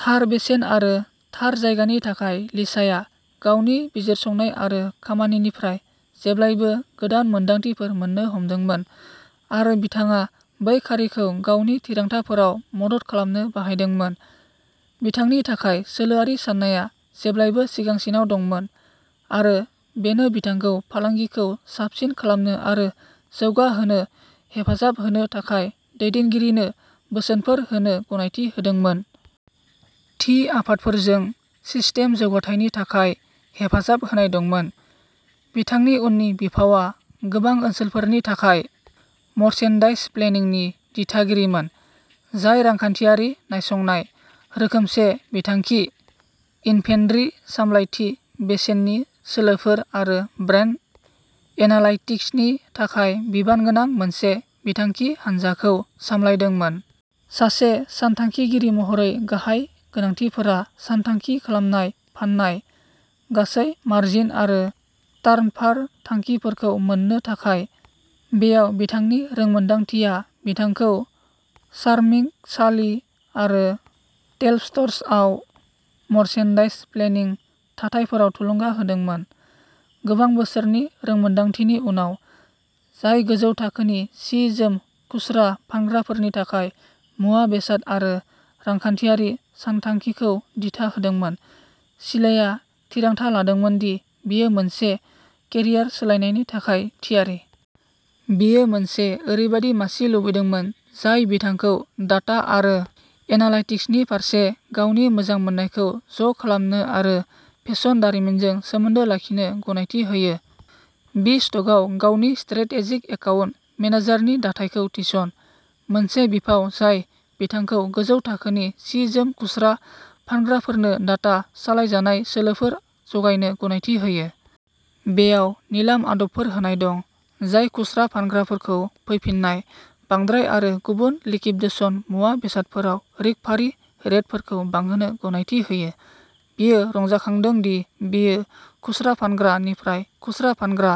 थार बेसेन आरो थार जायगानि थाखाय लिसाया गावनि बिजिरसंनाय आरो खामानिनिफ्राय जेब्लाबो गोदान मोनदांथिफोर मोन्नो हमदोंमोन आरो बिथाङा बै खारिखौ गावनि थिरांथाफोराव मदद खालामनो बाहायदोंमोन। बिथांनि थाखाय सोलोआरि साननाया जेब्लाबो सिगांसिनाव दंमोन आरो बेनो बिथांखौ फालांगिखौ साबसिन खालामनो आरो जौगाहोनो हेफाजाब होनो थाखाय दैदेनगिरिनो बोसोनफोर होनो गनायथि होदोंमोन। थि आफादफोरजों सिस्टेम जौगाथायनि थाखाय हेफाजाब होनाय दंमोन। बिथांनि उननि बिफावआ गोबां ओनसोलफोरनि थाखाय मर्चेन्डाइज प्लेनिंनि दिथागिरिमोन, जाय रांखान्थियारि नायसंनाय, रोखोमसे बिथांखि, इनभेन्टरि सामलायथि, बेसेननि सोलोफोर आरो ब्रान्ड एनालाइटिक्सनि थाखाय बिबानगोनां मोनसे बिथांखि हानजाखौ सामलायदोंमोन। सासे सानथांखिगिरि महरै नोंथांनि गाहाय गोनांथिफोरा सानथांखि खालामनाय फान्नाय, गासै मार्जिन आरो टार्नभार थांखिफोरखौ मोन्नो थाखाय। बैयाव बिथांनि रोंमोनदांथिया बिथांखौ चार्मिंग चार्ली आरो टेलबट्सआव मर्चेन्डाइज प्लेनिं थाथायफोराव थुलुंगा होदोंमोन। गोबां बोसोरनि रोंमोन्दांथिनि उनाव, जाय गोजौ थाखोनि सि-जोम खुस्रा फानग्राफोरनि थाखाय मुवा-बेसाद आरो रांखान्थियारि सानथांखिखौ दिथा होदोंमोन, लिसाया थिरांथा लादोंमोन दि बियो मोनसे केरियार सोलायनायनि थाखाय थियारि। बियो मोनसे ओरैबायदि मासि लुबैदोंमोन जाय बिथांखौ डाटा आरो एनालाइटिक्सनि फारसे गावनि मोजां मोननायखौ ज' खालामनो आरो फेशन दारिमिनजों सोमोन्दो लाखिनो गनायथि होयो। बि-स्टकआव गावनि स्ट्रेटेजिक एकाउन्ट मेनेजारनि थाथायखौ थिसन, मोनसे बिफाव जाय बिथांखौ गोजौ थाखोनि सि-जोम खुस्रा फानग्राफोरनो डाटा सालायजानाय सोलोफोर जगायनो गनायथि होयो। बेयाव निलाम आदबफोर होनाय दं जाय खुस्रा फानग्राफोरखौ फैफिन्नाय, बांद्राय आरो गुबुन लिकिवडेशन मुवा-बेसादफोराव रिकभारि रेटफोरखौ बांहोनो गनायथि होयो। बियो रंजाखांदों दि बियो खुस्रा फानग्रा-निफ्राय-खुस्रा फानग्रा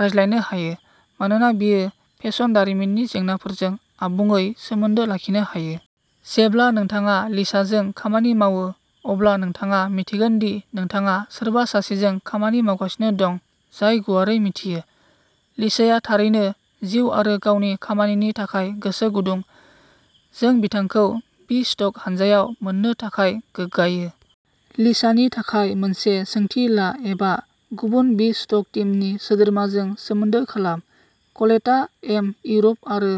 रायज्लायनो हायो मानोना बियो फेशन दारिमिननि जेंनाफोरजों आबुङै सोमोन्दो लाखिनो हायो। जेब्ला नोंथाङा लिसाजों खामानि मावो, अब्ला नोंथाङा मिन्थिगोन दि नोंथाङा सोरबा सासेजों खामानि मावगासिनो दं जाय गुवारै मिथियो। लिसाया थारैनो जिउ आरो गावनि खामानिनि थाखाय गोसो गुदुं, जों बिथांखौ बि-स्टक हानजायाव मोन्नो थाखाय गोग्गायो। लिसानि थाखाय मोनसे सोंथि ला एबा गुबुन बि-स्टक टीमनि सोद्रोमाजों सोमोन्दो खालाम। कलेटा, एम इउर'प आरो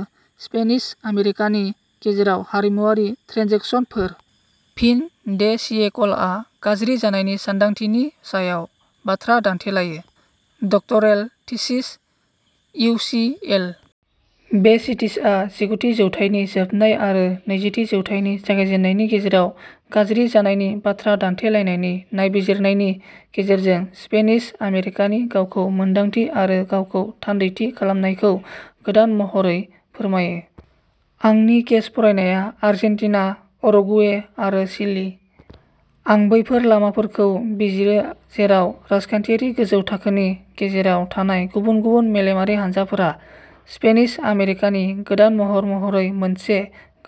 स्पेनिश आमेरिकानि गेजेराव हारिमुआरि ट्रेन्जेकसनफोर, फिन-दे-सियेकलआ गाज्रि जानायनि सानदांथिनि सायाव बाथ्रा दान्थेलायो। Doctoral thesis, U C L. बे सिथिसआ जिगुथि जौथाइनि जोबनाय आरो नैजिथि जौथाइनि जागायजेन्नायनि गेजेराव गाज्रि जानायनि बाथ्रा दान्थेलायनायनि नाय बिजिरनायनि गेजेरजों स्पेनिश आमेरिकानि गावखौ-मोनदांथि आरो गावखौ-थान्दैथि खालामनायखौ गोदान महरै फोरमायो। आंनि केस फरायनाया आर्जेन्टिना, उरुगुवे आरो चिलि। आं बैफोर लामाफोरखौ बिजिरो जेराव राजखान्थियारि गोजौ थाखोनि गेजेराव थानाय गुबुन-गुबुन मेलेमारि हानजाफोरा, स्पेनिश आमेरिकानि गोदान महर महरै मोनसे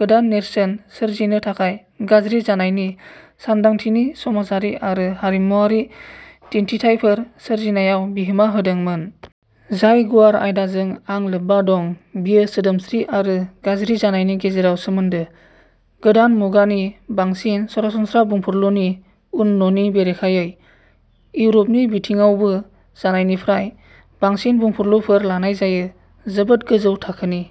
गोदान नेरसोन सोरजिनो थाखाय गाज्रि जानायनि सानदांथिनि समाजारि आरो हारिमुआरि दिन्थिथायफोर सोरजिनायाव बिहोमा होदोंमोन। जाय गुवार आयदाजों आं लोब्बा दं बेयो सोदोमस्रि आरो गाज्रि जानायनि गेजेराव सोमोन्दो, गोदान मुगानि बांसिन सरासनस्रा बुंफुरलुनि उननुनि बेरेखायै। इउर'पनि बिथिङावबो, जायनिफ्राय बांसिन बुंफुरलुफोर लानाय जायो, जोबोद गोजौ थाखोनि।